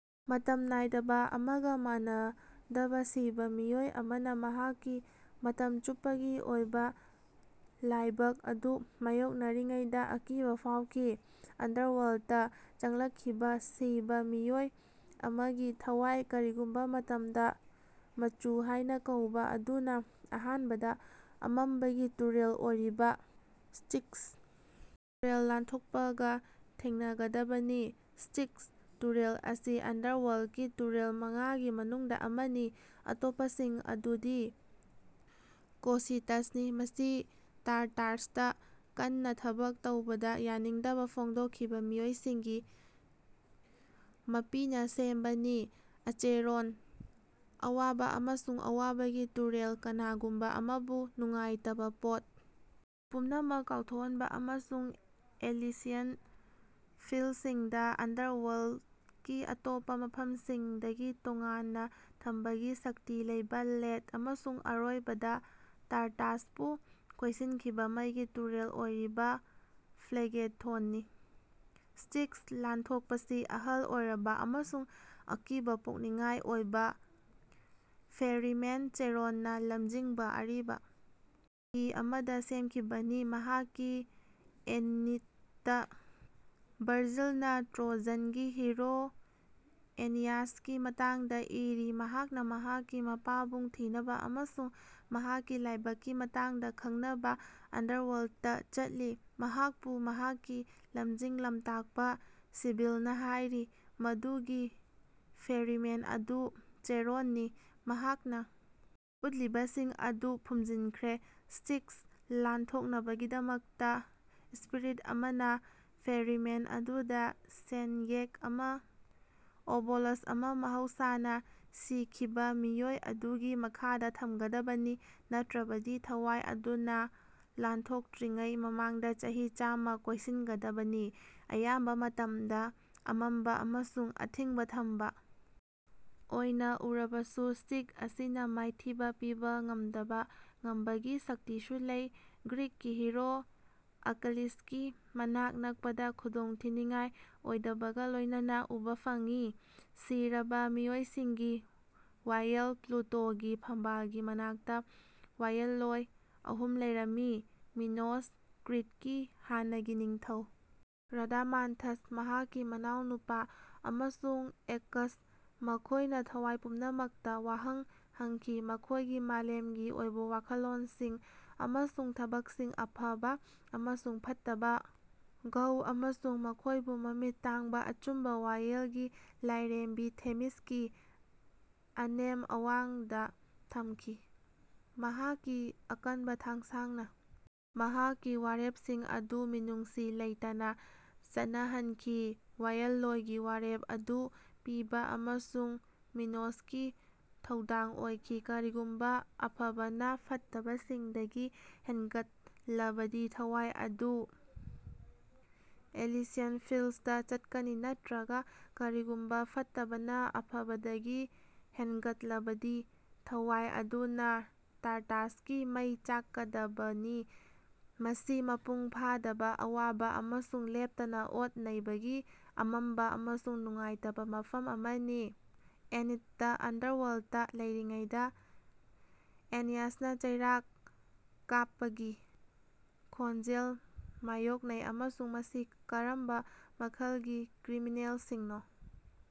ꯃꯇꯝ ꯅꯥꯏꯗꯕ ꯑꯃꯒ ꯃꯥꯟꯅꯗꯅ ꯁꯤꯕ ꯃꯤꯑꯣꯏ ꯑꯃꯅ ꯃꯍꯥꯛꯀꯤ ꯃꯇꯝ ꯆꯨꯞꯄꯒꯤ ꯑꯣꯏꯕ ꯂꯥꯏꯕꯛ ꯑꯗꯨ ꯃꯥꯌꯣꯛꯅꯔꯤꯉꯩꯗ ꯑꯀꯤꯕ ꯐꯥꯎꯈꯤ꯫ ꯑꯟꯗꯔꯋꯥꯔꯜ꯭ꯗꯇ ꯆꯪꯂꯛꯈꯤꯕ ꯁꯤꯕ ꯃꯤꯑꯣꯏ ꯑꯃꯒꯤ ꯊꯋꯥꯏ ꯀꯔꯤꯒꯨꯝꯕ ꯃꯇꯝꯗ ꯃꯆꯨ ꯍꯥꯏꯅ ꯀꯧꯕ ꯑꯗꯨꯅ ꯑꯍꯥꯟꯕꯗ ꯑꯃꯝꯕꯒꯤ ꯇꯨꯔꯦꯜ ꯑꯣꯏꯔꯤꯕ ꯁ꯭ꯇꯤꯛꯁ ꯇꯨꯔꯦꯜ ꯂꯥꯟꯊꯣꯛꯄꯒ ꯊꯦꯡꯅꯒꯗꯕꯅꯤ꯫ ꯁ꯭ꯇꯤꯛꯁ ꯇꯨꯔꯦꯜ ꯑꯁꯤ ꯑꯟꯗꯔꯋꯥꯔꯜꯗꯀꯤ ꯇꯨꯔꯦꯜ ꯃꯉꯥꯒꯤ ꯃꯅꯨꯡꯗ ꯑꯃꯅꯤ ꯑꯇꯣꯞꯄꯁꯤꯡ ꯑꯗꯨꯗꯤ ꯀꯣꯁꯤꯇꯁꯅꯤ ꯃꯁꯤ ꯇꯥꯔꯇꯥꯔꯁꯇ ꯀꯟꯅ ꯊꯕꯛ ꯇꯧꯕꯗ ꯌꯥꯅꯤꯡꯗꯕ ꯐꯣꯡꯗꯣꯛꯈꯤꯕ ꯃꯤꯑꯣꯏꯁꯤꯡꯒꯤ ꯃꯄꯤꯅ ꯁꯦꯝꯕꯅꯤ ꯑꯆꯦꯔꯣꯟ ꯑꯋꯥꯕ ꯑꯃꯁꯨꯡ ꯑꯋꯥꯕꯒꯤ ꯇꯨꯔꯦꯜ ꯀꯅꯥꯒꯨꯝꯕ ꯑꯃꯕꯨ ꯅꯨꯡꯉꯥꯏꯇꯕ ꯄꯣꯠ ꯄꯨꯝꯅꯃꯛ ꯀꯥꯎꯊꯣꯛꯍꯟꯕ ꯑꯃꯁꯨꯡ ꯑꯦꯂꯤꯁꯤꯌꯟ ꯐꯤꯜꯗꯁꯤꯡꯕꯨ ꯑꯟꯗꯔꯋꯥꯔꯜꯗꯀꯤ ꯑꯇꯣꯞꯄ ꯃꯐꯝꯁꯤꯡꯗꯒꯤ ꯇꯣꯉꯥꯟꯅ ꯊꯝꯕꯒꯤ ꯁꯛꯇꯤ ꯂꯩꯕ ꯂꯦꯊ ꯑꯃꯁꯨꯡ ꯑꯔꯣꯏꯕꯗ ꯇꯥꯔꯇꯥꯔꯁꯄꯨ ꯀꯣꯏꯁꯤꯟꯈꯤꯕ ꯃꯩꯒꯤ ꯇꯨꯔꯦꯜ ꯑꯣꯏꯔꯤꯕ ꯐ꯭ꯂꯦꯒꯦꯊꯣꯟꯅꯤ꯫ ꯁ꯭ꯇꯤꯛꯁ ꯂꯥꯟꯊꯣꯛꯄꯁꯤ ꯑꯍꯜ ꯑꯣꯏꯔꯕ ꯑꯃꯁꯨꯡ ꯑꯀꯤꯕ ꯄꯣꯛꯅꯤꯡꯉꯥꯏ ꯑꯣꯏꯕ ꯐꯦꯔꯤꯃꯦꯟ ꯆꯦꯔꯣꯟꯅ ꯂꯝꯖꯤꯡꯕ ꯑꯔꯤꯕ ꯍꯤ ꯑꯃꯗ ꯁꯦꯝꯈꯤꯕꯅꯤ꯫ ꯃꯍꯥꯛꯀꯤ ꯑꯦꯅꯤꯗꯇ ꯚꯔꯖꯤꯜꯅ ꯇ꯭ꯔꯣꯖꯟꯒꯤ ꯍꯤꯔꯣ ꯑꯦꯅꯤꯌꯥꯁꯀꯤ ꯃꯇꯥꯡꯗ ꯏꯔꯤ ꯃꯍꯥꯛꯅ ꯃꯍꯥꯛꯀꯤ ꯃꯄꯥꯕꯨꯡ ꯊꯤꯅꯕ ꯑꯃꯁꯨꯡ ꯃꯍꯥꯛꯀꯤ ꯂꯥꯏꯕꯛꯀꯤ ꯃꯇꯥꯡꯗ ꯈꯪꯅꯕ ꯑꯟꯗꯔꯋꯥꯔꯜꯗꯇ ꯆꯠꯂꯤ꯫ ꯃꯍꯥꯛꯄꯨ ꯃꯍꯥꯛꯀꯤ ꯂꯝꯖꯤꯡ ꯂꯝꯇꯥꯛꯄ ꯁꯤꯕꯤꯜꯅ ꯍꯥꯏꯔꯤ ꯃꯗꯨꯒꯤ ꯐꯦꯔꯤꯃꯦꯟ ꯑꯗꯨ ꯆꯦꯔꯣꯟꯅꯤ ꯃꯍꯥꯛꯅ ꯎꯠꯂꯤꯕꯁꯤꯡ ꯑꯗꯨ ꯐꯨꯝꯖꯤꯟꯈ꯭ꯔꯦ꯫ ꯁ꯭ꯇꯤꯛꯁ ꯂꯥꯟꯊꯣꯛꯅꯕꯒꯤꯗꯃꯛꯇ ꯁ꯭ꯄꯤꯔꯤꯠ ꯑꯃꯅ ꯐꯦꯔꯤꯃꯦꯟ ꯑꯗꯨꯗ ꯁꯦꯟꯌꯦꯛ ꯑꯃ ꯑꯣꯕꯣꯂꯁ ꯑꯃ ꯃꯍꯧꯁꯥꯅ ꯁꯤꯈꯤꯕ ꯃꯤꯑꯣꯏ ꯑꯗꯨꯒꯤ ꯃꯈꯥꯗ ꯊꯝꯒꯗꯕꯅꯤ꯫ ꯅꯠꯇ꯭ꯔꯕꯗꯤ ꯊꯋꯥꯏ ꯑꯗꯨꯅ ꯂꯥꯟꯊꯣꯛꯇ꯭ꯔꯤꯉꯩ ꯃꯃꯥꯡꯗ ꯆꯍꯤ ꯆꯥꯝꯃ ꯀꯣꯏꯁꯤꯟꯒꯗꯕꯅꯤ꯫ ꯑꯌꯥꯝꯕ ꯃꯇꯝꯗ ꯑꯃꯝꯕ ꯑꯃꯁꯨꯡ ꯑꯊꯤꯡꯕ ꯊꯝꯕ ꯑꯣꯏꯅ ꯎꯔꯕꯁꯨ ꯁ꯭ꯇꯤꯛꯁ ꯑꯁꯤꯅ ꯃꯥꯏꯊꯤꯕ ꯄꯤꯕ ꯉꯝꯗꯕ ꯉꯝꯕꯒꯤ ꯁꯛꯇꯤꯁꯨ ꯂꯩ ꯒ꯭ꯔꯤꯛꯀꯤ ꯍꯤꯔꯣ ꯑꯀꯤꯂꯤꯁꯀꯤ ꯃꯅꯥꯛ ꯅꯛꯄꯗ ꯈꯨꯗꯣꯡꯊꯤꯅꯤꯡꯉꯥꯏ ꯑꯣꯏꯗꯕꯒ ꯂꯣꯏꯅꯅ ꯎꯕ ꯐꯪꯉꯤ꯫ ꯁꯤꯔꯕ ꯃꯤꯑꯣꯏꯁꯤꯡꯒꯤ ꯋꯥꯌꯦꯜ ꯄ꯭ꯂꯨꯇꯣꯒꯤ ꯐꯝꯕꯥꯜꯒꯤ ꯃꯅꯥꯛꯇ ꯋꯥꯌꯦꯜꯂꯣꯏ ꯑꯍꯨꯝ ꯂꯩꯔꯝꯃꯤ ꯃꯤꯅꯣꯁ ꯀ꯭ꯔꯤꯠꯀꯤ ꯍꯥꯟꯅꯒꯤ ꯅꯤꯡꯊꯧ ꯔꯥꯗꯥꯃꯥꯟꯊꯁ ꯃꯍꯥꯛꯀꯤ ꯃꯅꯥꯎꯅꯨꯄꯥ ꯑꯃꯁꯨꯡ ꯑꯦꯀꯁ ꯃꯈꯣꯏꯅ ꯊꯋꯥꯏ ꯄꯨꯝꯅꯃꯛꯇ ꯋꯥꯍꯪ ꯍꯪꯈꯤ ꯃꯈꯣꯏꯒꯤ ꯃꯥꯂꯦꯝꯒꯤ ꯑꯣꯏꯕ ꯋꯥꯈꯜꯂꯣꯟꯁꯤꯡ ꯑꯃꯁꯨꯡ ꯊꯕꯛꯁꯤꯡ ꯑꯐꯕ ꯑꯃꯁꯨꯡ ꯐꯠꯇꯕ, ꯘ ꯑꯃꯁꯨꯡ ꯃꯈꯣꯏꯕꯨ ꯃꯃꯤꯠ ꯇꯥꯡꯕ ꯑꯆꯨꯝꯕ ꯋꯥꯌꯦꯜꯒꯤ ꯂꯥꯏꯔꯦꯝꯕꯤ ꯊꯦꯃꯤꯁꯀꯤ ꯑꯅꯦꯝ ꯑꯋꯥꯡꯗ ꯊꯝꯈꯤ ꯃꯍꯥꯛꯀꯤ ꯑꯀꯟꯕ ꯊꯥꯡꯁꯥꯡꯅ ꯃꯍꯥꯛꯀꯤ ꯋꯥꯔꯦꯞꯁꯤꯡ ꯑꯗꯨ ꯃꯤꯅꯨꯡꯁꯤ ꯂꯩꯇꯅ ꯆꯠꯅꯍꯟꯈꯤ꯫ ꯋꯥꯌꯦꯜꯂꯣꯏꯒꯤ ꯋꯥꯔꯦꯞ ꯑꯗꯨ ꯄꯤꯕ ꯑꯁꯤ ꯃꯤꯅꯣꯁꯀꯤ ꯊꯧꯗꯥꯡ ꯑꯣꯏꯈꯤ꯫ ꯀꯔꯤꯒꯨꯝꯕ ꯑꯐꯕꯅ ꯐꯠꯇꯕꯁꯤꯡꯗꯒꯤ ꯍꯦꯟꯒꯠꯂꯕꯗꯤ ꯊꯋꯥꯏ ꯑꯗꯨ ꯑꯦꯂꯤꯁꯤꯌꯟ ꯐꯤꯜꯗꯁꯇ ꯆꯠꯀꯅꯤ ꯅꯠꯇ꯭ꯔꯒ ꯀꯔꯤꯒꯨꯝꯕ ꯐꯠꯇꯕꯅ ꯑꯐꯕꯗꯒꯤ ꯍꯦꯟꯒꯠꯂꯕꯗꯤ ꯊꯋꯥꯏ ꯑꯗꯨꯅ ꯇꯥꯔꯇꯥꯔꯁꯀꯤ ꯃꯩ ꯆꯥꯛꯀꯗꯕꯅꯤ ꯃꯁꯤ ꯃꯄꯨꯡ ꯐꯥꯗꯕ ꯑꯋꯥꯕ ꯑꯃꯁꯨꯡ ꯂꯦꯞꯇꯅ ꯑꯣꯠ ꯅꯩꯕꯒꯤ ꯑꯃꯝꯕ ꯑꯃꯁꯨꯡ ꯅꯨꯡꯉꯥꯏꯇꯕ ꯃꯐꯝ ꯑꯃꯅꯤ꯫ ꯑꯦꯅꯤꯗꯇ ꯑꯟꯗꯔꯋꯥꯔꯜꯗꯇ ꯂꯩꯔꯤꯉꯩꯗ ꯑꯦꯅꯤꯌꯥꯁꯅ ꯆꯩꯔꯥꯛ ꯀꯥꯞꯄꯒꯤ ꯈꯣꯟꯖꯦꯜ ꯃꯥꯌꯣꯛꯅꯩ ꯑꯃꯁꯨꯡ ꯃꯁꯤ ꯀꯔꯝꯕ ꯃꯈꯜꯒꯤ ꯀ꯭ꯔꯤꯃꯤꯅꯦꯜꯁꯤꯡꯅꯣ?